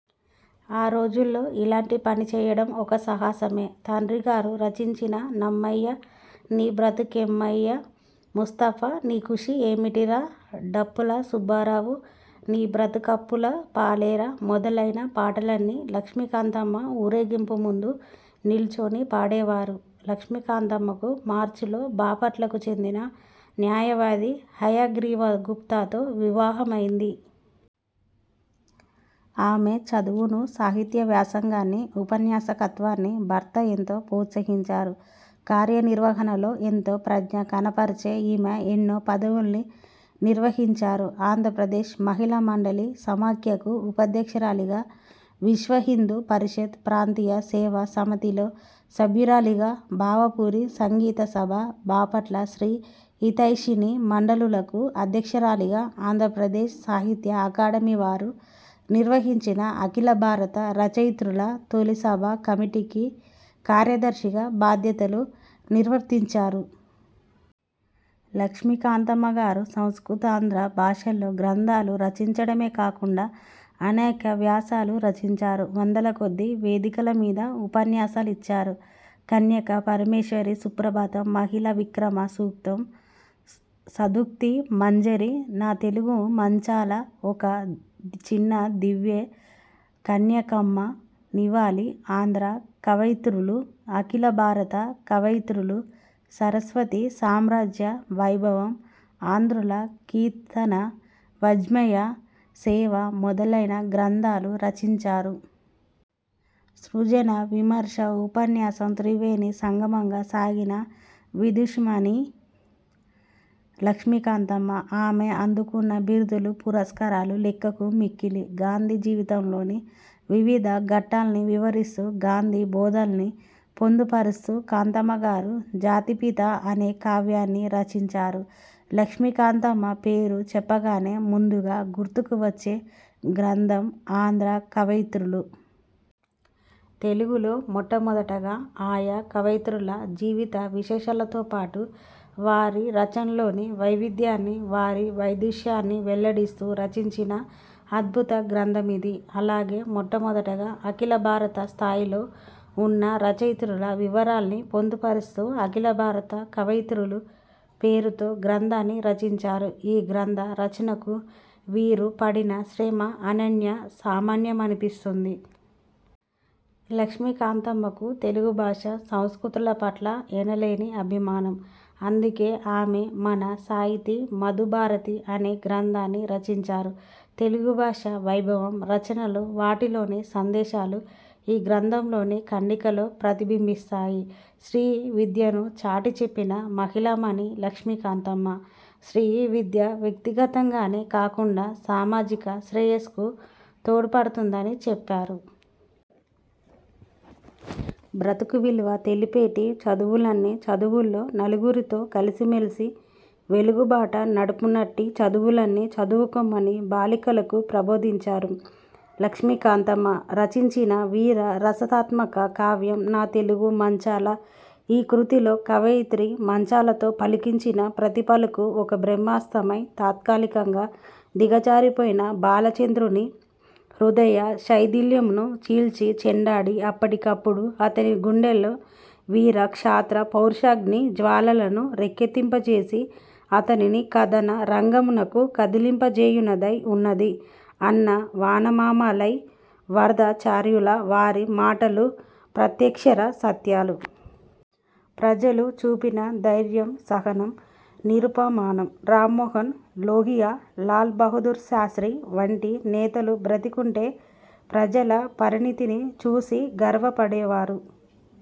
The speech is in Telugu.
ఆ రోజుల్లో ఇలాంటి పని చేయడం ఒక సాహసమే. తండ్రిగారు రచించిన 'నమ్మయ్యా నీ బ్రతుకమ్మెయ్యా', 'ముస్తఫా నీ కుస్తీ ఏమిటిరా', 'డప్పుల సుబ్బారావు నీ బ్రతుకప్పుల పాలేరా' మొదలైన పాటలన్నీ లక్ష్మీకాంతమ్మ ఊరేగింపు ముందు నిలుచుని పాడేవారు. లక్ష్మీకాంతమ్మకు మార్చిలో బాపట్లకు చెందిన న్యాయవాది హయగ్రీవ గుప్తాతో వివాహమైంది. ఆమె చదువును, సాహిత్య వ్యాసంగాన్ని, ఉపన్యాసకత్వాన్ని భర్త ఎంతో ప్రోత్సహించారు. కార్యనిర్వహణలో ఎంతో ప్రజ్ఞ కనపరచే ఈమె ఎన్నో పదవుల్ని నిర్వహించారు. ఆంధ్రప్రదేశ్ మహిళా మండలి సమాఖ్యకు ఉపాధ్యక్షురాలిగా, విశ్వహిందూ పరిషత్ ప్రాంతీయ సేవా సమితిలో సభ్యురాలిగా, భావపురి సంగీత సభ, బాపట్ల స్ర్తీ హితైషిణి మండలులకు అధ్యక్షురాలిగా, ఆంధ్రప్రదేశ్ సాహిత్య అకాడమీ వారు నిర్వహించిన అఖిల భారత రచయిత్రుల తొలి సభా కమిటీకి కార్యదర్శిగా బాధ్యతలు నిర్వర్తించారు. లక్ష్మీకాంతమ్మగారు సంస్కృతాంధ్ర భాషల్లో గ్రంథాలు రచించడమే కాకుండా అనేక వ్యాసాలు రచించారు. వందలకొద్దీ వేదికల మీద ఉపన్యాసాలిచ్చారు. కన్యకాపరమేశ్వరీ సుప్రభాతం, మహిళా విక్రమ సూక్తం, సదుక్తి మంజరి, నా తెలుగు మాంచాల, ఒక చిన్న దివ్వె, కన్యకమ్మ నివాళి, ఆంధ్ర కవయిత్రులు, అఖిల భారత కవయిత్రులు, సరస్వతీ సామ్రాజ్య వైభవం, ఆంధ్రుల కీర్తన వాఙ్మయ సేవ మొదలైన గ్రంథాలు రచించారు. సృజన, విమర్శ, ఉపన్యాసం త్రివేణి సంగమంగా సాగిన విదుషీమణి లక్ష్మీకాంతమ్మ. ఆమె అందుకున్న బిరుదులు, పురస్కారాలు లెక్కకు మిక్కిలి. గాంధీ జీవితంలోని వివిధ ఘట్టాల్ని వివరిస్తూ గాంధీ బోధనల్ని పొందుపరుస్తూ కాంతమ్మగారు 'జాతిపిత' అనే కావ్యాన్ని రచించారు. లక్ష్మీకాంతమ్మ పేరు చెప్పగానే ముందుగా గుర్తుకు వచ్చే గ్రంథం ఆంధ్ర కవయిత్రులు. తెలుగులో మొట్టమొదటగా ఆయా కవయిత్రుల జీవిత విశేషాలతోపాటు, వారి రచనల్లోని వైవిధ్యాన్ని, వారి వైదుష్యాన్ని వెల్లడిస్తూ రచించిన అద్భుత గ్రంథమిది. అలాగే మొట్టమొదటగా అఖిల భారత స్థాయిలో ఉన్న రచయిత్రుల వివరాల్ని పొందుపరస్తూ అఖిల భారత కవయిత్రులు పేరుతో గ్రంథాన్ని రచించారు. ఈ గ్రంథ రచనకు వీరు పడిన శ్రమ అనన్య సామాన్యమనిపిస్తుంది. లక్ష్మీకాంతమ్మకు తెలుగు భాష, సంస్కృతుల పట్ల ఎనలేని అభిమానం. అందుకే ఆమె, 'మన సాహితి–మధు భారతి' అనే గ్రంథాన్ని రచించారు. తెలుగు భాషా వైభవం, రచనలు, వాటిలోని సందేశాలు, ఈ గ్రంథంలోని ఖండికలో ప్రతిబింబిస్తాయి. స్త్రీ విద్యను చాటి చెప్పిన మహిళామణి లక్ష్మీకాంతమ్మ. స్ర్తీ విద్య వ్యక్తిగతంగానే కాకుండా సామాజిక శ్రేయస్సుకూ తోడ్పడుతుందని చెప్పారు. ''బ్రతుకు విలువ తెలిపేటి–చదువులన్ని చదువులో–నలుగురితో కలిసిమెలసి–వెలుగు బాట నడుపునట్టి'' చదువులన్నీ చదువుకోమని బాలికలకు ప్రబోధించారు. లక్ష్మీకాంతమ్మ రచించిన వీర రసాత్మక కావ్యం 'నా తెలుగు మాంచాల'. ''ఈ కృతిలో కవయిత్రి మాంచాలతో పలికించిన ప్రతి పలుకూ ఒక బ్రహ్మాస్త్రమై, తాత్కాలికంగా దిగజారిపోయిన బాలచంద్రుని హృదయ శైథిల్యమును చీల్చిచెండాడి, అప్పటికప్పుడు అతని గుండెల్లో వీరక్షాత్ర పౌరుషాగ్ని జ్వాలలను రేకెత్తింపజేసి అతనిని కదన రంగమునకు కదలింపజేయునదై ఉన్నది,'' అన్న వానమామలై వరదాచార్యుల వారి మాటలు ప్రత్యక్షరసత్యాలు. ప్రజలు చూపిన ధైర్యం సహనం నిరుపమానం. రాంమనోహర్ లోహియా, లాల్ బహదూర్ శాస్ర్తి వంటి నేతలు బతికుంటే ప్రజల పరిణతిని చూసి గర్వపడే వారు.